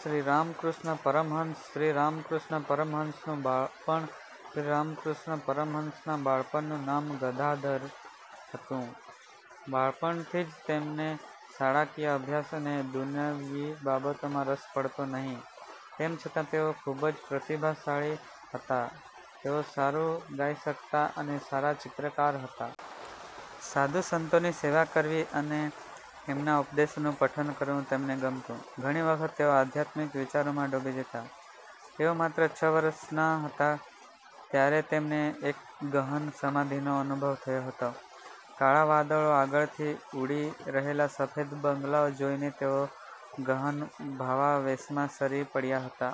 શ્રીરામકૃષ્ણ પરમહંસ શ્રીરામકૃષ્ણ પરમહંસનું બાળપણ શ્રીરામકૃષ્ણ પરમહંસના બાળપણનું નામ ગદાધર હતું. બાળપણથી જ તેમને શાળાકીય અભ્યાસ અને દુન્યવી બાબતોમાં રસ પડતો નહિ. તેમ છતાં તેઓ ખુબ જ પ્રતિભાશાળી હતા. તેઓ સારું ગાઈ શકતા અને સારા ચિત્રકાર હતા. સાધુ સંતોની સેવા કરવી અને એમના ઉપદેશોનું પઠન કરવું તેમને ગમતું. ઘણી વખત તેઓ આધ્યાત્મિક વિચારોમાં ડૂબી જતા. તેઓ માત્ર છ જ વર્ષના હતા ત્યારે તેમને એક ગહન સમાધિનો અનુભવ થયો હતો. કાળા વાદળો આગળથી ઊડી રહેલા સફેદ બગલાઓ જોઈને તેઓ ગહન ભાવાવેશમાં સરી પડયા હતા.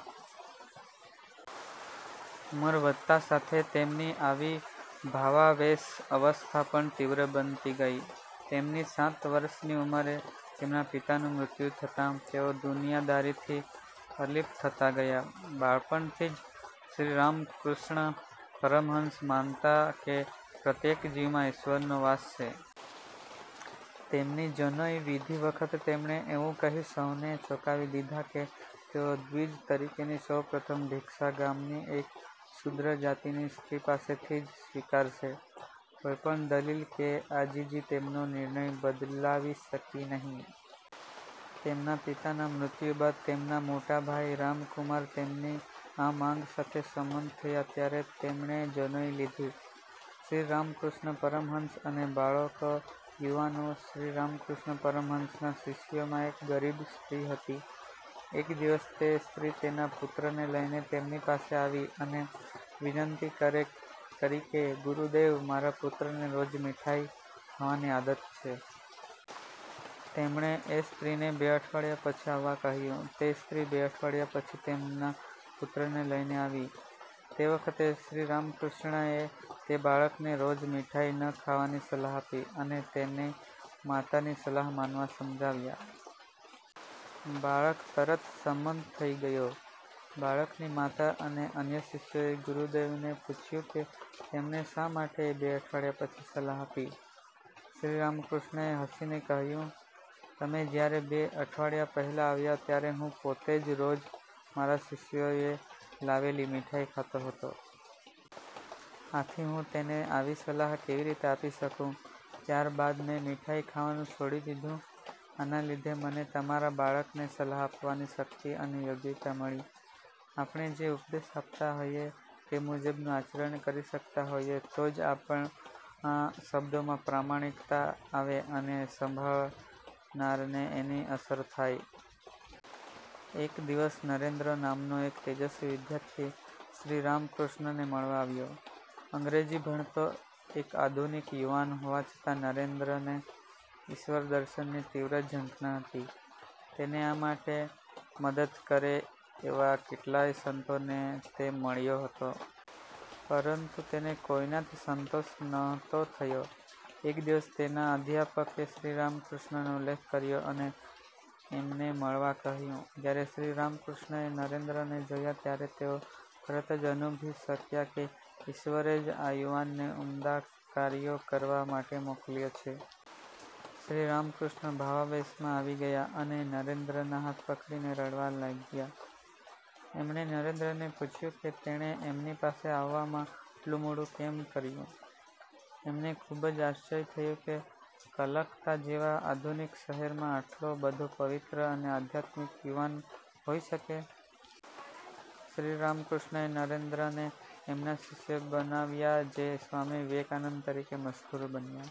ઉંમર વધતા સાથે તેમની આવી ભાવાવેશ અવસ્થા પણ તીવ્ર બનતી ગઈ. તેમની સાત વર્ષની ઉંમરે તેમના પિતાનું મૃત્યુ થતાં તેઓ દુનિયાદારીથી અલિપ્ત થતા ગયા. બાળપણથી જ શ્રીરામકૃષ્ણ પરમહંસ માનતા કે પ્રત્યેક જીવમાં ઈશ્વરનો વાસ છે. તેમની જનોઈ વિધિ વખતે તેમણે એવું કહી સૌને ચોંકાવી દીધા કે તેઓ દ્વિજ તરીકેની સૌપ્રથમ ભિક્ષા ગામની એક શૂદ્ર જાતિની સ્ત્રી પાસેથી જ સ્વીકારશે. કોઈ પણ દલીલ કે આજીજી તેમનો નિર્ણય બદલાવી શકી નહિ. તેમના પિતાના મૃત્યુ બાદ તેમના મોટાભાઈ રામકુમાર તેમની આ માંગ સાથે સંમત થયા ત્યારે તેમણે જનોઈ લીધી. શ્રીરામકૃષ્ણ પરમહંસ અને બાળકો / યુવાનો શ્રીરામકૃષ્ણ પરમહંસના શિષ્યોમાં એક ગરીબ સ્ત્રી હતી. એક દિવસ તે સ્ત્રી તેના પુત્રને લઇને તેમની પાસે આવી અને વિનંતી કરી કે, "ગુરુદેવ, મારા પુત્રને રોજ મીઠાઈ ખાવાની આદત છે. તેમણે એ સ્ત્રીને બે અઠવાડિયા પછી આવવા કહ્યું. તે સ્ત્રી બે અઠવાડિયા પછી તેના પુત્રને લઇને આવી. તે વખતે શ્રીરામકૃષ્ણએ તે બાળકને રોજ મીઠાઈ ન ખાવાની સલાહ આપી અને તેની માતાની સલાહ માનવા સમજાવ્યો. બાળક તરત સંમત થઇ ગયો. બાળકની માતા અને અન્ય શિષ્યોએ ગુરુદેવને પૂછ્યું કે તેમણે શા માટે બે અઠવાડિયા પછી સલાહ આપી? શ્રીરામકૃષ્ણએ હસીને કહ્યું, "તમે જયારે બે અઠવાડિયા પહેલાં આવ્યા ત્યારે હું પોતે જ રોજ મારા શિષ્યોએ લાવેલી મીઠાઈ ખાતો હતો. આથી હું તેને આવી સલાહ કેવી રીતે આપી શકું? ત્યાર બાદ મેં મીઠાઈ ખાવાનું છોડી દીધું. આના લીધે મને તમારા બાળકને સલાહ આપવાની શક્તિ અને યોગ્યતા મળી. આપણે જે ઉપદેશ આપતા હોઈએ તે મુજબનું આચરણ કરી શકતા હોઈએ તો જ આપણા શબ્દોમાં પ્રામાણિકતા આવે અને સાંભળનારને એની અસર થાય". એક દિવસ નરેન્દ્ર નામનો એક તેજસ્વી વિદ્યાર્થી શ્રીરામકૃષ્ણને મળવા આવ્યો. અંગ્રેજી ભણતો એક આધુનિક યુવાન હોવા છતાં નરેન્દ્રને ઈશ્વરદર્શનની તીવ્ર ઝંખના હતી. તેને આ માટે મદદ કરે એવા કેટલાય સંતોને તે મળ્યો હતો. પરંતુ તેને કોઈનાથી સંતોષ નહોતો થયો. એક દિવસ તેના અધ્યાપકે શ્રીરામકૃષ્ણનો ઉલ્લેખ કર્યો અને એમને મળવા કહ્યું. જયારે શ્રીરામકૃષ્ણએ નરેન્દ્રને જોયા ત્યારે તેઓ તરત જ અનુભવી શક્યા કે ઈશ્વરે જ આ યુવાનને ઉમદા કાર્યો કરવા માટે મોકલ્યો છે. શ્રીરામકૃષ્ણ ભાવાવેશમાં આવી ગયા અને નરેન્દ્રના હાથ પકડીને રડવા લાગ્યા. એમણે નરેન્દ્રને પૂછ્યું કે તેણે એમની પાસે આવવામાં આટલું મોડું કેમ કર્યું? એમને ખુબ જ આશ્ચર્ય થયું કે કલકત્તા જેવા આધુનિક શહેરમાં આટલો બધો પવિત્ર અને આધ્યાત્મિક યુવાન હોઈ શકે? શ્રીરામકૃષ્ણએ નરેન્દ્રને એમના શિષ્ય બનાવ્યા જે સ્વામી વિવેકાનંદ તરીકે મશહૂર બન્યા!